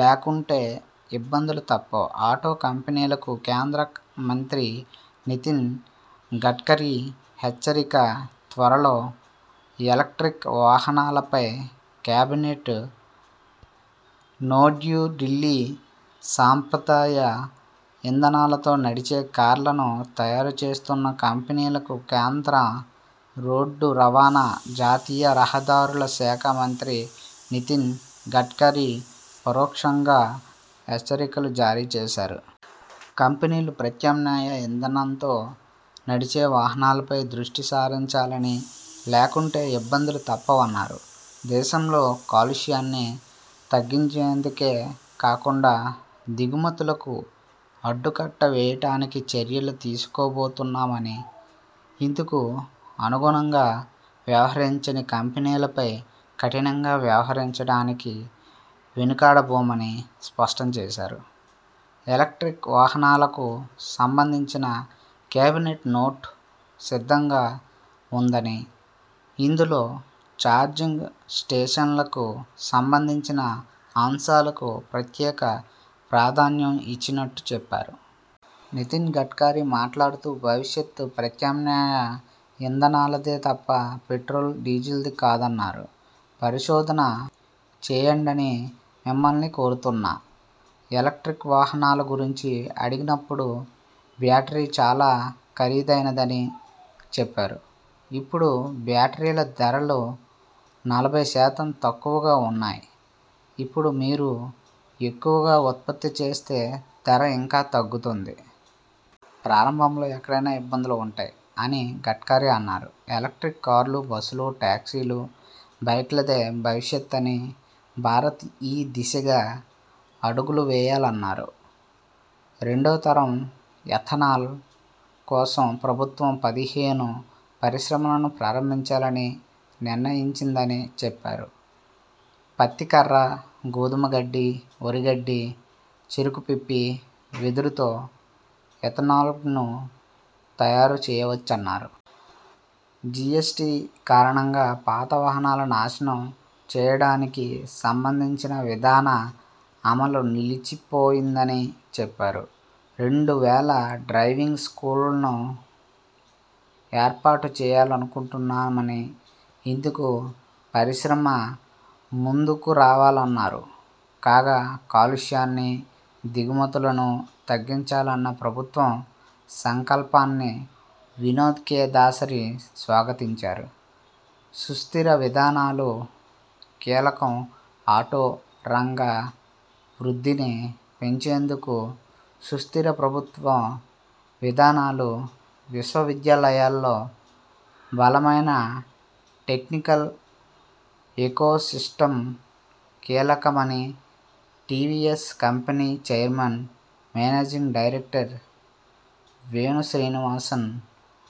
లేకుంటే ఇబ్బందులు తప్పవ్ ఆటో కంపెనీలకు కేంద్ర మంత్రి నితిన్ గడ్కరీ హెచ్చరిక త్వరలో ఎలక్ర్టిక్ వాహనాలపై కేబినెట్ నోట్న్యూఢిల్లీ సాంప్రదాయ ఇంధనాలతో నడిచే కార్లను తయారు చేస్తున్న కంపెనీలకు కేంద్ర రోడ్డు రవాణా, జాతీయ రహదారుల శాఖ మంత్రి నితిన్ గడ్కరీ పరోక్షంగా హెచ్చరికలు జారీ చేశారు. కంపెనీలు ప్రత్యామ్నాయ ఇంధనంతో నడిచే వాహనాలపై దృష్టిసారించాలని, లేకుంటే ఇబ్బందులు తప్పవన్నారు. దేశంలో కాలుష్యాన్ని తగ్గించేందుకేకాకుండా దిగుమతులకు అడ్డుకట్టవేయడానికి చర్యలు తీసుకోబోతున్నామని, ఇందుకు అనుగుణంగా వ్యవహరించని కంపెనీలపై కఠినంగా వ్యవహరించడానికి వెనుకాడబోమని స్పష్టం చేశారు. ఎలక్ర్టిక్ వాహనాలకు సంబంధించిన కేబినెట్ నోట్ సిద్ధంగా ఉందని, ఇందులో చార్జింగ్ స్టేషన్లకు సంబంధించిన అంశాలకు ప్రత్యేక ప్రాధాన్యం ఇచ్చినట్టు చెప్పారు. నితిన్ గడ్కరీ మాట్లాడుతూ భవిష్యత్ ప్రత్యామ్నాయ ఇంధనాలదేతప్ప పెట్రోల్, డీజిల్ది కాదన్నారు. ''పరిశోధన చేయండని మిమ్మల్ని కోరుతున్నా. ఎలక్ర్టిక్ వాహనాల గురించి అడిగినప్పుడు బ్యాటరీ చాలా ఖరీదైనదని చెప్పారు. ఇప్పుడు బ్యాటరీల ధరలు నలభై శాతం తక్కువగా ఉన్నాయి. ఇప్పుడు మీరు ఎక్కువగా ఉత్పత్తి చేస్తే ధర ఇంకా తగ్తుఉంది. ప్రారంభంలో ఎక్కడైనా ఇబ్బందులు ఉంటాయి'' అని గడ్కరీ అన్నారు. ఎలక్ర్టిక్ కార్లు, బస్సులు, టాక్సీలు, బైక్లదే భవిష్యత్ అని, భారత్ ఈ దిశగా అడుగులువేయాలన్నారు. రెండోతరం ఎథనాల్ కోసం ప్రభుత్వం పదిహేను పరిశ్రమలను ప్రారంభించాలని నిర్ణయించిందని చెప్పారు. పత్తి కర్ర, గోధుమ గడ్డి, వరి గడ్డి, చెరకు పిప్పి, వెదురుతో ఎథనాల్ను తయారు చేయవచ్చన్నారు. జిఎస్టి కారణంగా పాత వాహనాల నాశనం చేయడానికి సంబంధించిన విధాన అమలు నిలిచిపోయిందని చెప్పారు. రెండు వేల డ్రైవింగ్ స్కూళ్లను ఏర్పాటు చేయాలనుకుంటున్నామని, ఇందుకు పరిశ్రమ ముందుకురావాలన్నారు. కాగా కాలుష్యాన్ని, దిగుమతులను తగ్గించాలన్న ప్రభుత్వం సంకల్పాన్ని వినోద్ కె దాసరి స్వాగతించారు. సుస్థిర విధానాలు కీలకంఆటో రంగ వృద్ధిని పెంచేందుకు సుస్థిర ప్రభుత్వ విధానాలు, విశ్వవిద్యాలయాల్లో బలమైన టెక్నికల్ ఏకోసిస్టమ్ కీలకమని TVS company chairman, managing director Venu Srinivasan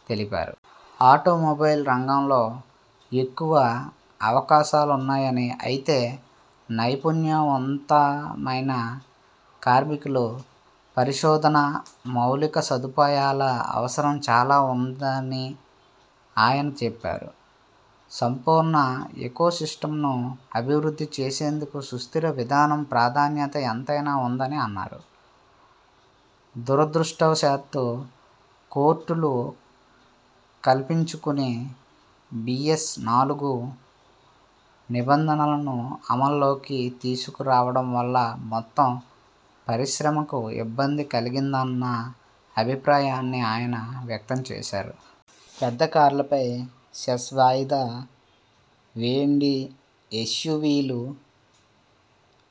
తెలిపారు. ఆటో మొబైల్ రంగంలో ఎక్కువ అవకాశాలున్నాయని, అయితే నైపుణ్యవంతమైన కార్మికు లు, పరిశోధనా, మౌలికసదుపాయాల అవసరం చాలా ఉంద ని ఆయన చెప్పారు. సంపూర్ణ ఏకోసిస్టమ్ను అభివృద్ధి చేసేందుకు సుస్థిర విధానం ప్రాధాన్యత ఎంతైనా ఉందని అన్నారు. దురదృష్ణవశాత్తు కోర్టులు కల్పించుకుని బిఎస్-నాలుగు నిబంధనలను అమల్లోకి తీసుకురావడం వల్ల మొత్తం పరిశ్రమకు ఇబ్బంది కలిగిందన్న అభిప్రాయాన్ని ఆయన వ్యక్తం చేశారు. పెద్ద కార్లపై సెస్ వాయిదా వేయండిఎస్యువిలు,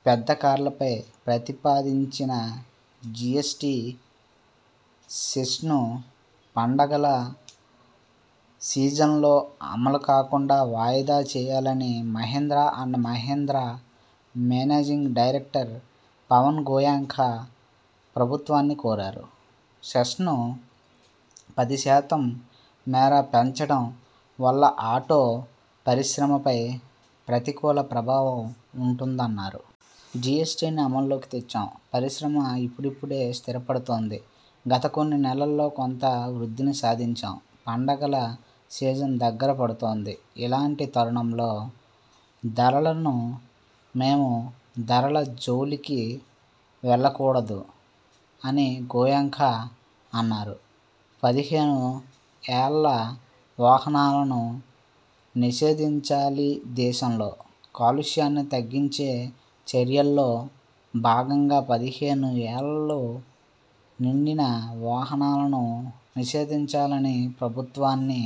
పెద్ద కార్లపై ప్రతిపాదించిన జిఎ్సటి సెస్ను పండగల సీజన్లో అమలుకాకుండా వాయిదా వేయాలని Mahindra and Mahindra managing director Pawan Goenka ప్రభుత్వాన్ని కోరారు. సెస్ను పది శాతం మేర పెంచడం వల్ల ఆటో పరిశ్రమపై ప్రతికూల ప్రభావం ఉంటుందన్నారు. ''జిఎ్సటిని అమల్లోకి తెచ్చాం. పరిశ్రమ ఇప్పుడిప్పుడే స్థిరపడుతోంది. గత కొన్ని నెలల్లో కొంత వృద్ధిని సాధించాం. పండగల సీజన్ దగ్గర పడుతోంది. ఇలాంటి తరుణంలో ధరలను మేము ధరల జోలికి వెళ్లకూడదు'' అని గోయెంకా అన్నారు. పదిహేను ఏళ్ల వాహనాలను నిషేధించాలిదేశంలో కాలుష్యాన్ని తగ్గించే చర్యల్లో భాగంగా పదిహేను ఏళ్లు నిండిన వాహనాలను నిషేధించాలని ప్రభుత్వాన్ని